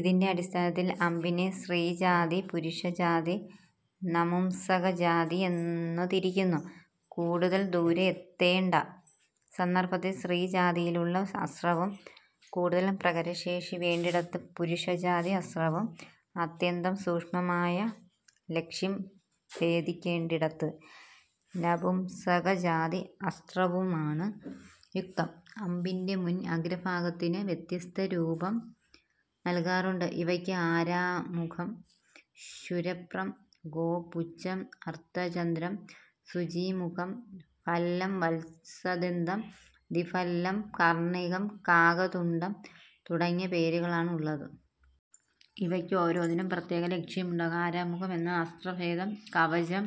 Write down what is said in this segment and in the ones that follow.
ഇതിന്റെ അടിസ്ഥാനത്തിൽ അമ്പിനെ സ്ത്രീജാതി, പുരുഷജാതി, നപുംസകജാതി എന്നു തിരിക്കുന്നു. കൂടുതൽ ദൂരെ എത്തേണ്ട സന്ദർഭത്തിൽ സ്ത്രീജാതിയിലുള്ള അസ്ത്രവും കൂടുതൽ പ്രഹരശേഷി വേണ്ടിടത്ത് പുരുഷജാതി അസ്ത്രവും അത്യന്തം സൂക്ഷ്മമായ ലക്ഷ്യം ഭേദിക്കേണ്ടിടത്ത് നപുംസകജാതി അസ്ത്രവുമാണ് യുക്തം. അമ്പിന്റെ മുൻ അഗ്രഭാഗത്തിന് വ്യത്യസ്തരൂപം നല്കാറുണ്ട്. ഇവയ്ക്ക് ആരാമുഖം, ക്ഷുരപ്രം, ഗോപുച്ഛം, അർധചന്ദ്രം, സൂചീമുഖം, ഭല്ലം, വത്സദന്തം, ദ്വിഭല്ലം, കർണികം, കാകതുണ്ഡം തുടങ്ങിയ പേരുകളാണ് ഉള്ളത്. ഇവയ്ക്ക് ഓരോന്നിനും പ്രത്യേക ലക്ഷ്യം ഉണ്ടാകും. ആരാമുഖം എന്ന അസ്ത്രഭേദം കവചം,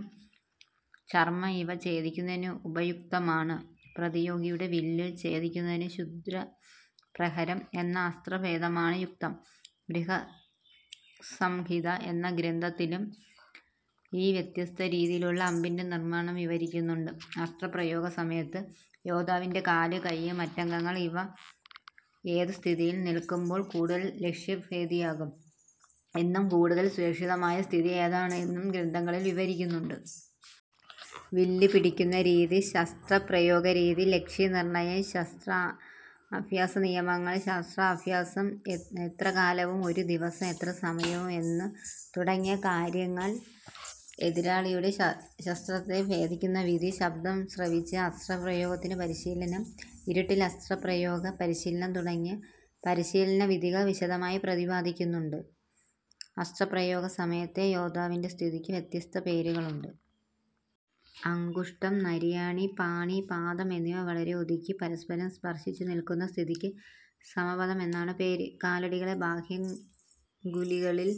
ചർമം ഇവ ഛേദിക്കുന്നതിനുപയുക്തമാണ്. പ്രതിയോഗിയുടെ വില്ല് ഛേദിക്കുന്നതിന് ക്ഷുദ്രപ്രഹരം എന്ന അസ്ത്രഭേദമാണ് യുക്തം. ബൃഹത്സംഹിത എന്ന ഗ്രന്ഥത്തിലും ഈ വ്യത്യസ്ത രീതിയിലുള്ള അമ്പിന്റെ നിർമ്മാണം വിവരിക്കുന്നുണ്ട്. അസ്ത്രപ്രയോഗസമയത്ത് യോദ്ധാവിന്റെ കാല്, കയ്യ്, മറ്റംഗങ്ങൾ ഇവ ഏതു സ്ഥിതിയിൽ നിൽക്കുമ്പോൾ കൂടുതൽ ലക്ഷ്യഭേദിയാകും എന്നും കൂടുതൽ സുരക്ഷിതമായ സ്ഥിതി ഏതാണ് എന്നും ഗ്രന്ഥങ്ങളിൽ വിവരിക്കുന്നുണ്ട്. വില്ല് പിടിക്കുന്ന രീതി, ശസ്ത്രപ്രയോഗരീതി, ലക്ഷ്യനിർണയം, ശസ്ത്രാഭ്യാസ നിയമങ്ങൾ, ശസ്ത്രാഭ്യാസം എത്ര കാലവും ഒരു ദിവസം എത്രസമയവും എന്നു തുടങ്ങിയ കാര്യങ്ങൾ, എതിരാളിയുടെ ശസ്ത്രത്തെ ഭേദിക്കുന്ന വിധി, ശബ്ദം ശ്രവിച്ച് അസ്ത്രപ്രയോഗത്തിനു പരിശീലനം, ഇരുട്ടിൽ അസ്ത്രപ്രയോഗ പരിശീലനം തുടങ്ങിയ പരിശീലനവിധികൾ വിശദമായി പ്രതിപാദിക്കുന്നുണ്ട്. അസ്ത്രപ്രയോഗസമയത്തെ യോദ്ധാവിന്റെ സ്ഥിതിക്ക് വ്യത്യസ്ത പേരുകളുണ്ട്. അംഗുഷ്ഠം, നരിയാണി, പാണി, പാദം എന്നിവ വളരെ ഒതുക്കി പരസ്പരം സ്പർശിച്ചു നിൽക്കുന്ന സ്ഥിതിക്ക് സമപദം എന്നാണു പേര്. കാലടികളെ ബാഹ്യംഗുലികളിൽ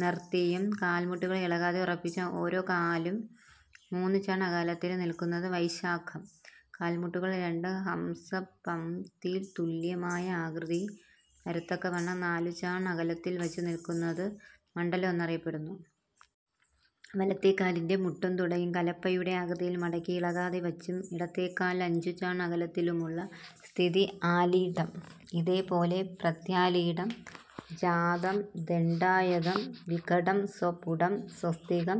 നിർത്തിയും കാൽമുട്ടുകൾ ഇളകാതെ ഉറപ്പിച്ചും ഓരോ കാലും മൂന്നുചാൺ അകലത്തിലും നിൽക്കുന്നത് വൈശാഖം. കാൽമുട്ടുകൾ രണ്ടും ഹംസപംക്തിതുല്യമായ ആകൃതി വരത്തക്കവണ്ണം നാലുചാൺ അകലത്തിൽവച്ചു നിൽക്കുന്നത് മണ്ഡലം എന്നറിയപ്പെടുന്നു. വലത്തേക്കാലിന്റെ മുട്ടും തുടയും കലപ്പയുടെ ആകൃതിയിൽ മടക്കി ഇളകാതെവച്ചും ഇടത്തേക്കാൽ അഞ്ചുചാൺ അകലത്തിലുമുള്ള സ്ഥിതി ആലീഢം. ഇതേപോലെ പ്രത്യാലീഢം, ജാതം, ദണ്ഡായതം, വികടം, സ്വപുടം, സ്വസ്തികം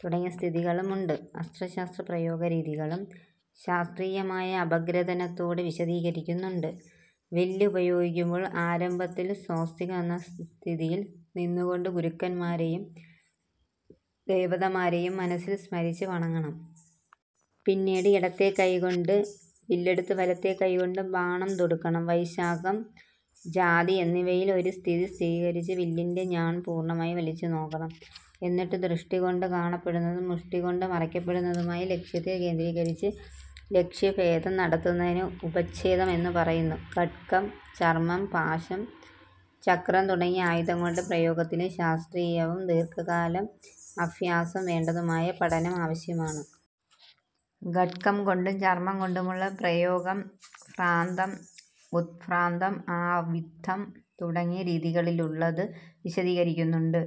തുടങ്ങിയ സ്ഥിതികളുമുണ്ട്. അസ്ത്രശസ്ത്രപ്രയോഗ രീതികളും ശാസ്ത്രീയമായ അപഗ്രഥനത്തോടെ വിശദീകരിക്കുന്നുണ്ട്. വില്ല് ഉപയോഗിക്കുമ്പോൾ ആരംഭത്തിൽ സ്വസ്തികം എന്ന സ്ഥിതിയിൽ നിന്നുകൊണ്ട് ഗുരുക്കന്മാരെയും ദേവതമാരെയും മനസ്സിൽ സ്മരിച്ച് വണങ്ങണം. പിന്നീട് ഇടത്തേ കൈകൊണ്ട് വില്ലെടുത്ത് വലത്തേ കൈകൊണ്ട് ബാണം തൊടുക്കണം. വൈശാഖം, ജാതി എന്നിവയിൽ ഒരു സ്ഥിതി സ്വീകരിച്ച് വില്ലിന്റെ ഞാൺ പൂർണമായി വലിച്ചുനോക്കണം. എന്നിട്ട് ദൃഷ്ടികൊണ്ടു കാണപ്പെടുന്നതും മുഷ്ടികൊണ്ടു മറയ്ക്കപ്പെടുന്നതുമായി ലക്ഷ്യത്തെ കേന്ദ്രീകരിച്ച് ലക്ഷ്യഭേദം നടത്തുന്നതിനെ ഉപച്ഛേദം എന്നു പറയുന്നു. ഖഡ്ഗം, ചർമം, പാശം, ചക്രം തുടങ്ങിയ ആയുധങ്ങളുടെ പ്രയോഗത്തിലും ശാസ്ത്രീയവും ദീർഘകാലം അഭ്യാസം വേണ്ടതുമായ പഠനം ആവശ്യമാണ്. ഖഡ്ഗംകൊണ്ടും ചർമംകൊണ്ടുമുള്ള പ്രയോഗം ഭ്രാന്തം, ഉദ്ഭ്രാന്തം, ആവിദ്ധം തുടങ്ങി രീതികളിലുള്ളത് വിശദീകരിക്കുന്നുണ്ട്.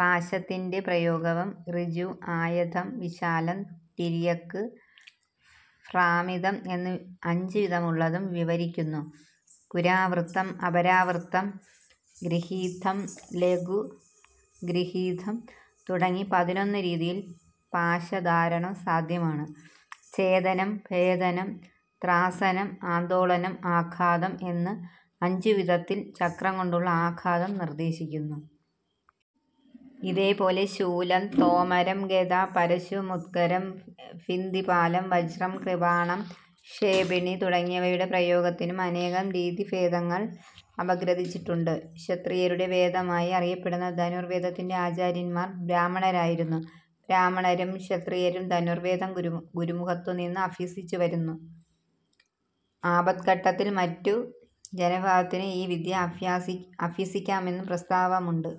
പാശത്തിന്റെ പ്രയോഗവും ഋജു, ആയതം, വിശാലം, തിര്യക്ക്, ഭ്രാമിതം എന്ന് അഞ്ച് വിധമുള്ളതും വിവരിക്കുന്നു. പുരാവൃത്തം, അപരാവൃത്തം, ഗൃഹീതം, ലഘുഗൃഹീതം തുടങ്ങി പതിനൊന്ന് രീതിയിൽ പാശധാരണം സാധ്യമാണ്. ഛേദനം, ഭേദനം, ത്രാസനം, ആന്ദോളനം, ആഘാതം എന്ന് അഞ്ചുവിധത്തിൽ ചക്രംകൊണ്ടുള്ള ആഘാതം നിർദ്ദേശിക്കുന്നു. ഇതേപോലെ ശൂലം, തോമരം, ഗദ, പരശു, മുദ്ഗരം, ഭിന്ദിപാലം, വജ്രം, കൃപാണം, ക്ഷേപിണി തുടങ്ങിയവയുടെ പ്രയോഗത്തിനും അനേകം രീതിഭേദങ്ങൾ അപഗ്രഥിച്ചിട്ടുണ്ട്. ക്ഷത്രിയരുടെ വേദമായി അറിയപ്പെടുന്ന ധനുർവേദത്തിന്റെ ആചാര്യന്മാർ ബ്രാഹ്മണരായിരുന്നു. ബ്രാഹ്മണരും ക്ഷത്രിയരും ധനുർവേദം ഗുരുമുഖത്തുനിന്ന് അഭ്യസിച്ചുവന്നു. ആപദ്ഘട്ടത്തിൽ മറ്റു ജനവിഭാഗത്തിനും ഈ വിദ്യ അഭ്യസിക്കാമെന്നു പ്രസ്താവമുണ്ട്.